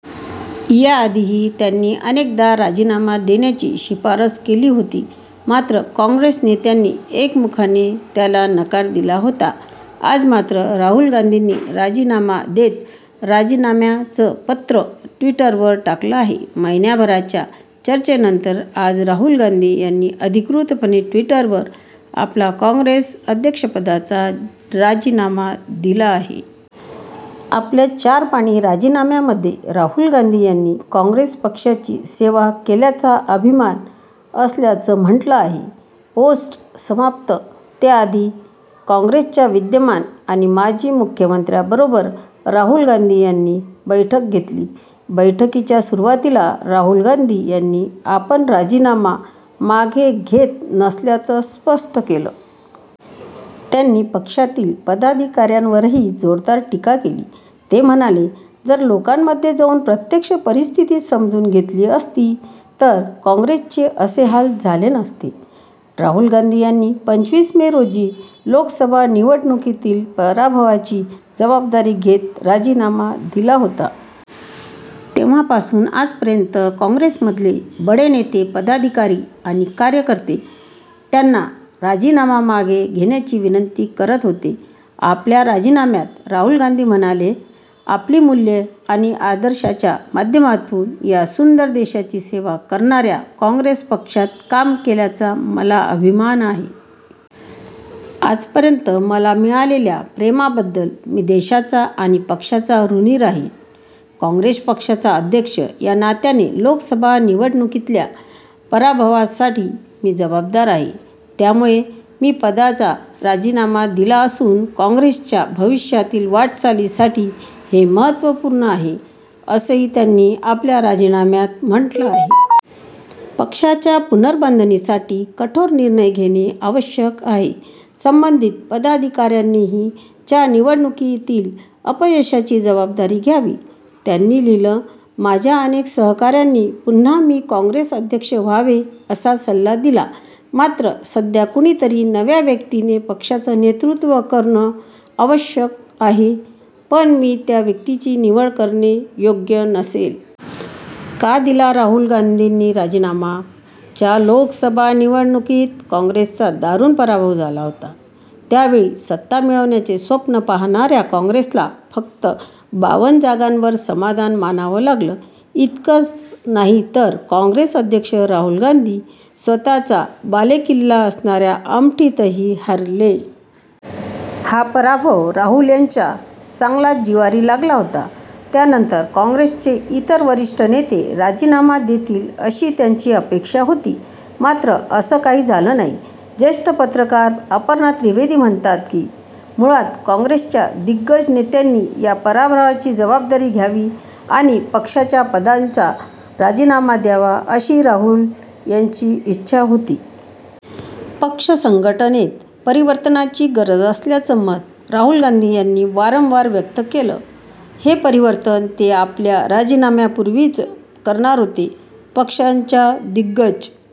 या आधीही त्यांनी अनेकदा राजीनामा देण्याची शिफारस केली होती. मात्र काँग्रेस नेत्यांनी एकमुखाने त्याला नकार दिला होता. आज मात्र राहुल गांधीनी राजीनामा देत राजीनाम्याचं पत्र ट्विटरवर टाकलं आहे. महिनाभराच्या चर्चेनंतर आज राहुल गांधी यांनी अधिकृतपणे ट्विटरवर आपला काँग्रेस अध्यक्षपदाचा राजीनामा दिला आहे. आपल्या चार पानी राजीनाम्यामध्ये राहुल गांधी यांनी काँग्रेस पक्षाची सेवा केल्याचा अभिमान असल्याचं म्हटलं आहे. पोस्ट समाप्त, त्याआधी, काँग्रेसच्या विद्यमान आणि माजी मुख्यमंत्र्यांबरोबर राहुल गांधी यांनी बैठक घेतली. बैठकीच्या सुरूवातीला राहुल गांधी यांनी आपण राजीनामा मागे घेत नसल्याचं स्पष्ट केलं. त्यांनी पक्षातील पदाधिकाऱ्यांवरही जोरदार टीका केली. ते म्हणाले जर लोकांमध्ये जाऊन प्रत्यक्ष परिस्थिती समजून घेतली असती तर काँग्रेसचे असे हाल झाले नसते. राहुल गांधी यांनी पंचवीस मे रोजीच लोकसभा निवडणुकीतील पराभवाची जबाबदारी घेत राजीनामा दिला होता. तेव्हापासून आजपर्यंत काँग्रेसमधले बडे नेते, पदाधिकारी आणि कार्यकर्ते त्यांना राजीनामा मागे घेण्याची विनंती करत होते. आपल्या राजीनाम्यात राहुल गांधी म्हणाले आपली मूल्यं आणि आदर्शांच्या माध्यमातून या सुंदर देशाची सेवा करणाऱ्या काँग्रेस पक्षात काम केल्याचा मला अभिमान आहे. आजपर्यंत मला मिळालेल्या प्रेमाबद्दल मी देशाचा आणि पक्षाचा ऋणी राहीन. काँग्रेस पक्षाचा अध्यक्ष या नात्याने लोकसभा निवडणुकीतल्या पराभवासाठी मी जबाबदार आहे. त्यामुळे मी पदाचा राजीनामा दिला असून काँग्रेसच्या भविष्यातील वाटचालीसाठी हे महत्त्वपूर्ण आहे, असंही त्यांनी आपल्या राजीनाम्यात म्हटलं आहे. पक्षाच्या पुनर्बांधणीसाठी कठोर निर्णय घेणे आवश्यक आहे. संबंधित पदाधिकाऱ्यांनीही च्या निवडणुकीतील अपयशाची जबाबदारी घ्यावी. त्यांनी लिहिलं माझ्या अनेक सहकाऱ्यांनी पुन्हा मी काँग्रेस अध्यक्ष व्हावे असा सल्ला दिला. मात्र सध्या कुणीतरी नव्या व्यक्तीने पक्षाचं नेतृत्व करणं आवश्यक आहे, पण मी त्या व्यक्तीची निवड करणं योग्य नसेल. का दिला राहुल गांधींनी राजीनामा च्या लोकसभा निवडणुकीत काँग्रेसचा दारूण पराभव झाला होता. यावेळी सत्ता मिळवण्याचे स्वप्न पाहणाऱ्या काँग्रेसला फक्त बावन जागांवर समाधान मानावं लागलं. इतकंच नाही तर काँग्रेस अध्यक्ष राहुल गांधी स्वतःचा बालेकिल्ला असणाऱ्या अमेठीतही हरले. हा पराभव राहुल यांच्या चांगलाच जिव्हारी लागला होता. यानंतर काँग्रेसचे इतर वरिष्ठ नेते राजीनामा देतील अशी त्यांची अपेक्षा होती मात्र असं काही झालं नाही. जेष्ठ पत्रकार अपर्णा द्विवेदी म्हणतात की, मुळात काँग्रेसच्या दिग्गज नेत्यांनी या पराभवाची जबाबदारी घ्यावी आणि पक्षाच्या पदांचा राजीनामा द्यावा, अशी राहुल यांची इच्छा होती. पक्ष संघटनेत परिवर्तनाची गरज असल्याचं मत राहूल गांधी यांनी वारंवार व्यक्त केलं. हे परिवर्तन ते आपल्या राजीनाम्यापूर्वीच करणार होते. पक्षाच्या दिग्गज